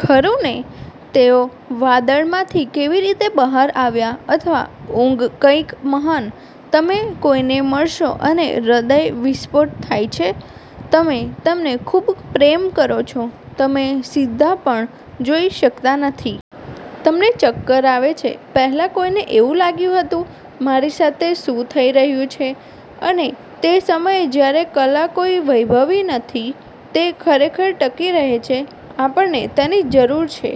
ખરું ને? તેઓ વાદળમાંથી કેવી રીતે બહાર આવ્યા? " અથવા ઊંધુ કંઈક મહાન. તમે કોઈને મળશો અને હૃદય વિસ્ફોટ થાય છે. તમે તેમને ખૂબ પ્રેમ કરો છો, તમે સીધા પણ જોઈ શકતા નથી. તમને ચક્કર આવે છે. "પહેલાં કોઈને એવું લાગ્યું હતું? મારી સાથે શું થઈ રહ્યું છે? " અને તે સમયે જ્યારે કલા કોઈ વૈભવી નથી, તે ખરેખર ટકી રહે છે. આપણને તેની જરૂર છે.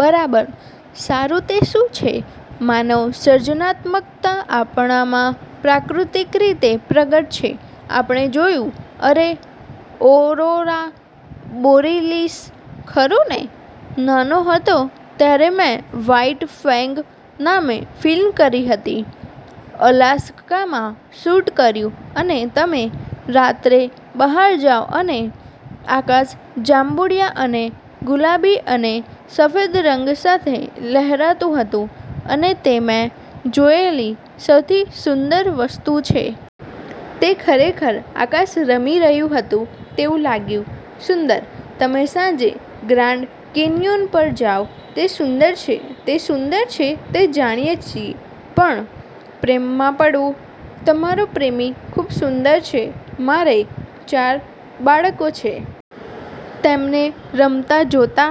બરાબર. સારું, તે શું છે? માનવ સર્જનાત્મકતા આપણામાં પ્રાકૃતિક રીતે પ્રગટ છે. આપણે જોયું, અરે... ઓરોરા બોરીલીસ. ખરું ને? નાનો હતો ત્યારે મેં વ્હાઇટ ફેંગ નામે ફિલ્મ કરી હતી, અલાસ્કામાં શૂટ કર્યું, અને તમે રાત્રે બહાર જાવ અને આકાશ જાંબુડિયા અને ગુલાબી અને સફેદ રંગ સાથે લહેરાતું હતું, અને તે મેં જોયેલી સૌથી સુંદર વસ્તુ છે. તે ખરેખર આકાશ રમી રહ્યું હતું તેવું લાગ્યું. સુંદર. તમે સાંજે ગ્રાન્ડ કેન્યોન પર જાઓ. તે સુંદર છે. તે સુંદર છે તે જાણીએ છીએ. પણ પ્રેમમાં પડવું? તમારો પ્રેમી ખૂબ સુંદર છે. મારે ચાર બાળકો છે. તેમને રમતા જોતા?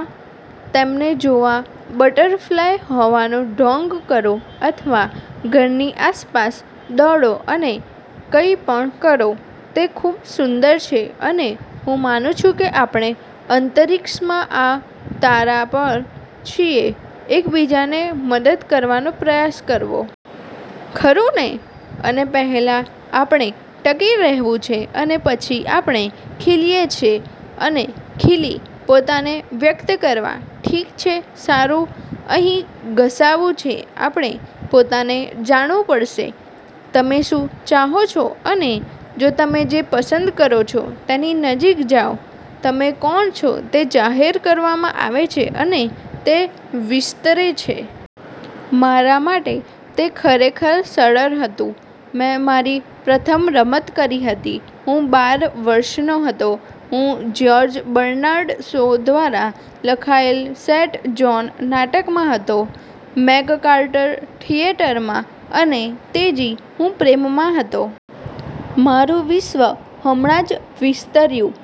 તેમને જોવા બટરફ્લાય હોવાનો ઢોંગ કરો અથવા ઘરની આસપાસ દોડો અને કંઈ પણ કરો, તે ખુબ સુંદર છે. અને હું માનું છું કે આપણે અંતરિક્ષમાં આ તારા પર છીએ એક બીજાને મદદ કરવાનો પ્રયાસ કરવો. ખરું ને? અને પહેલા આપણે ટકી રહેવું છે, અને પછી આપણે ખીલીએ છે. અને ખીલી, પોતાને વ્યક્ત કરવા, ઠીક છે, સારું, અહીં ઘસાવું છે: આપણે પોતાને જાણવું પડશે. તમે શું ચાહો છો? અને જો તમે જે પસંદ કરો છો તેની નજીક જાઓ, તમે કોણ છો તે જાહેર કરવામાં આવે છે, અને તે વિસ્તરે છે. મારા માટે, તે ખરેખર સરળ હતું. મેં મારી પ્રથમ રમત કરી હતી. હું બાર વર્ષનો હતો. હું જ્યોર્જ બર્નાર્ડ શો દ્વારા લખાયેલ સેંટ જોન નાટકમાં હતો મેકકાર્ટર થિયેટરમાં, અને તેજી! હું પ્રેમમાં હતો. મારું વિશ્વ હમણાં જ વિસ્તર્યું.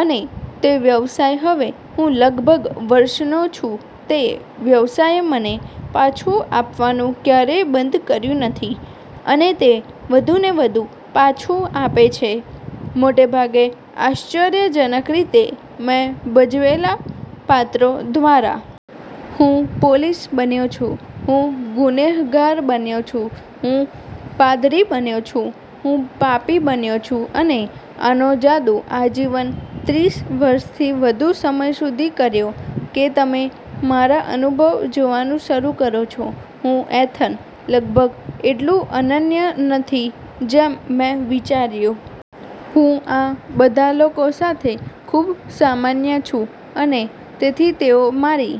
અને તે વ્યવસાય હવે હું લગભગ વર્ષનો છું તે વ્યવસાયે મને પાછું આપવાનું ક્યારેય બંધ કર્યું નથી, અને તે વધુને વધુ પાછું આપે છે, મોટે ભાગે, આશ્ચર્યજનક રીતે, મેં ભજવેલા પાત્રો દ્વારા. હું પોલીસ બન્યો છુ, હું ગુનેહગાર બન્યો છુ. હું પાદરી બન્યો છુ, હું પાપી બન્યો છુ. અને આનો જાદુ આજીવન, ત્રીસ વર્ષથી વધુ સમય સુધી કર્યો, કે તમે મારા અનુભવ જોવાનું શરુ કરો છો, હું, એથન, લગભગ એટલું અનન્ય નથી જેમ મેં વિચાર્યું. હું આ બધા લોકો સાથે ખૂબ સામાન્ય છું. અને તેથી તેઓ મારી